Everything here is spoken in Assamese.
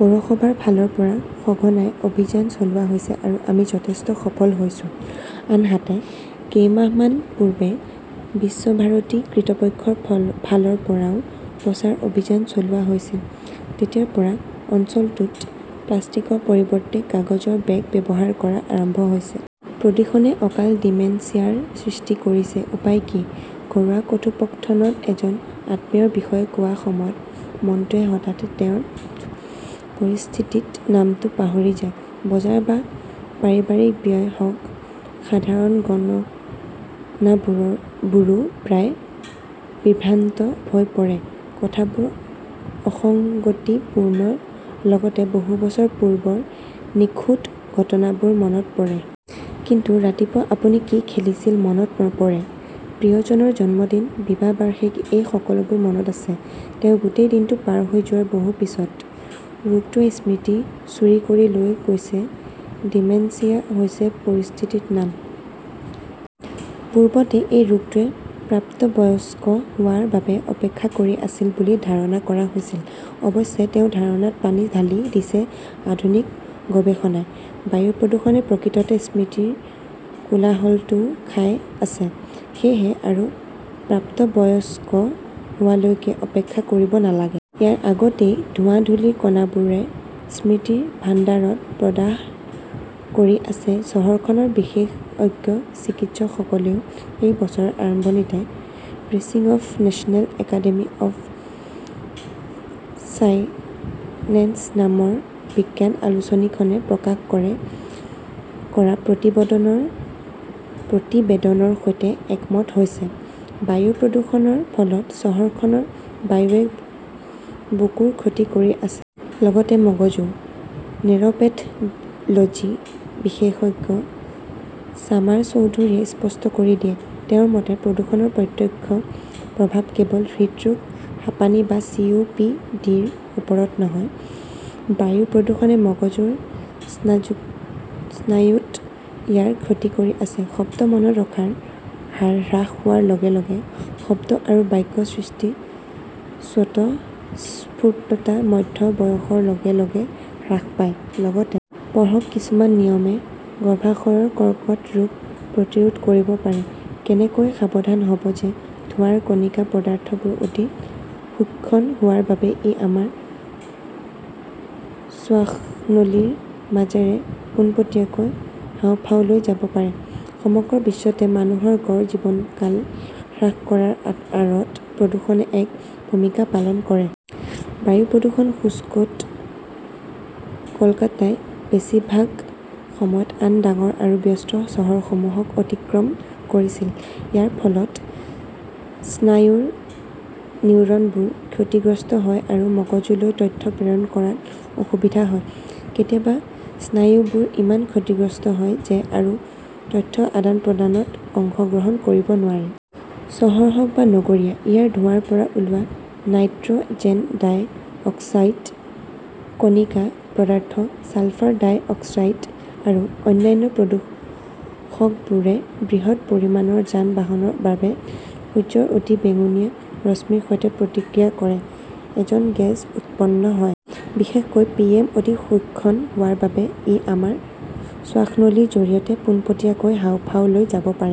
পৌৰসভাৰ ফালৰ পৰা সঘনাই অভিযান চলোৱা হৈছে আৰু আমি যথেষ্ট সফল হৈছো। আনহাতে, কেইমাহমান পূৰ্বে বিশ্বভাৰতী কৰ্তৃপক্ষৰ ফালৰ পৰাও প্ৰচাৰ অভিযান চলোৱা হৈছিল। তেতিয়াৰ পৰা অঞ্চলটোত প্লাষ্টিকৰ পৰিৱৰ্তে কাগজৰ বেগ ব্যৱহাৰ কৰা আৰম্ভ হৈছে। প্ৰদূষণে অকাল ডিমেনচিয়াৰ সৃষ্টি কৰিছে, উপায় কি? ঘৰুৱা কথোপকথনত এজন আত্মীয়ৰ বিষয়ে কোৱাৰ সময়ত মনটোৱে হঠাতে তেওঁৰ পৰিচিত নামটো পাহৰি যায়। বজাৰ বা পাৰিবাৰিক ব্যয় হওক, সাধাৰণ গণনাবোৰো প্ৰায়ে বিভ্ৰান্ত হৈ পৰে। কথাবোৰ অসঙ্গতিপূৰ্ণ, লগতে বহু বছৰ পূৰ্বৰ নিখুঁত ঘটনাবোৰ মনত পৰে। কিন্তু ৰাতিপুৱা আপুনি কি খেলিছিল মনত নপৰে। প্ৰিয়জনৰ জন্মদিন, বিবাহ বাৰ্ষিকী এই সকলোবোৰ মনত আছে তেওঁ গোটেই দিনটো পাৰ হৈ যোৱাৰ বহু পিছত। ৰোগটোৱে স্মৃতি চুৰি কৰি লৈ গৈছে। ডিমেনচিয়া হৈছে পৰিচিত নাম। পূৰ্বতে এই ৰোগটোৱে প্ৰাপ্তবয়স্ক হোৱাৰ বাবে অপেক্ষা কৰি আছিল বুলি ধাৰণা কৰা হৈছিল। অৱশ্যে, তেওঁ ধাৰণাত পানী ঢালি দিছে আধুনিক গৱেষণাই। বায়ু প্ৰদূষণে প্ৰকৃততে স্মৃতিৰ কোলাহলটোও খাই আছে। সেয়েহে আৰু প্ৰাপ্তবয়স্ক হোৱালৈকে অপেক্ষা কৰিব নালাগে। ইয়াৰ আগতেই ধোঁৱা-ধূলিৰ কণাবোৰে স্মৃতিৰ ভাণ্ডাৰত প্ৰদাহ কৰি আছে। চহৰখনৰ বিশেষজ্ঞ চিকিৎসকসকলেও এই বছৰৰ আৰম্ভণিতে Proceedings of National Academy of Sciences নামৰ বিজ্ঞান আলোচনীখনে প্ৰকাশ কৰা প্ৰতিবেদনৰ সৈতে একমত হৈছে। বায়ু প্ৰদূষণৰ ফলত চহৰখনৰ বায়ুৱে বুকুৰ ক্ষতি কৰি আছে। লগতে মগজুও। নেৰপেথলজী বিশেষজ্ঞ ছামাৰ চৌধুৰীয়ে স্পষ্ট কৰি দিয়ে। তেওঁৰ মতে, প্ৰদূষণৰ প্ৰত্যক্ষ প্ৰভাৱ কেৱল হৃদৰোগ, হাঁপানি বা চি. ও. পি. ডি. ৰ ওপৰত নহয়, বায়ু প্ৰদূষণে মগজুৰ স্নায়ুত ইয়াৰ ক্ষতি কৰি আছে। শব্দ মনত ৰখাৰ হাৰ হ্ৰাস হোৱাৰ লগে লগে, শব্দ আৰু বাক্য সৃষ্টিৰ স্বতঃস্ফূৰ্ততা মধ্য বয়সৰ লগে লগে হ্ৰাস পায়। লগতে পঢ়ক কিছুমান নিয়মে গৰ্ভাশয়ৰ কৰ্কট ৰোগ প্ৰতিৰোধ কৰিব পাৰে, কেনেকৈ সাৱধান হ'ব যে ধোঁৱাৰ কণিকা পদাৰ্থবোৰ অতি সূক্ষ্ম হোৱাৰ বাবে ই আমাৰ শ্বাসনলীৰ মাজেৰে পোনপটীয়াকৈ হাঁওফাওলৈ যাব পাৰে। সমগ্ৰ বিশ্বতে মানুহৰ গড় জীৱনকাল হ্ৰাস কৰাৰ আঁৰত প্ৰদূষণে এক ভূমিকা পালন কৰে। বায়ু প্ৰদূষণ সূচকত কলকাতাই বেছিভাগ সময়ত আন ডাঙৰ আৰু ব্যস্ত চহৰসমূহক অতিক্ৰম কৰিছিল। ইয়াৰ ফলত স্নায়ুৰ নিউৰনবোৰ ক্ষতিগ্ৰস্ত হয় আৰু মগজুলৈ তথ্য প্ৰেৰণ কৰাত অসুবিধা হয়। কেতিয়াবা স্নায়ুবোৰ ইমান ক্ষতিগ্ৰস্ত হয় যে আৰু তথ্য আদান-প্ৰদানত অংশগ্ৰহণ কৰিব নোৱাৰে। চহৰ হওঁক বা নগৰীয়া, ইয়াৰ ধোঁৱাৰ পৰা ওলোৱা নাইট্ৰ'জেন ডাই অক্সাইড, কণিকা পদাৰ্থ, ছালফাৰ ডাই অক্সাইড আৰু অন্যান্য প্ৰদূষকবোৰে বৃহৎ পৰিমাণৰ যান-বাহনৰ বাবে সূৰ্যৰ অতি বেঙুনীয়া ৰশ্মিৰ সৈতে প্ৰতিক্ৰিয়া কৰে। অজন গেছ উৎপন্ন হয়। বিশেষকৈ পিএম অতি সূক্ষ্ম হোৱাৰ বাবে ই আমাৰ শ্বাসনলীৰ জৰিয়তে পোনপটীয়াকৈ হাঁওফাওলৈ যাব পাৰে।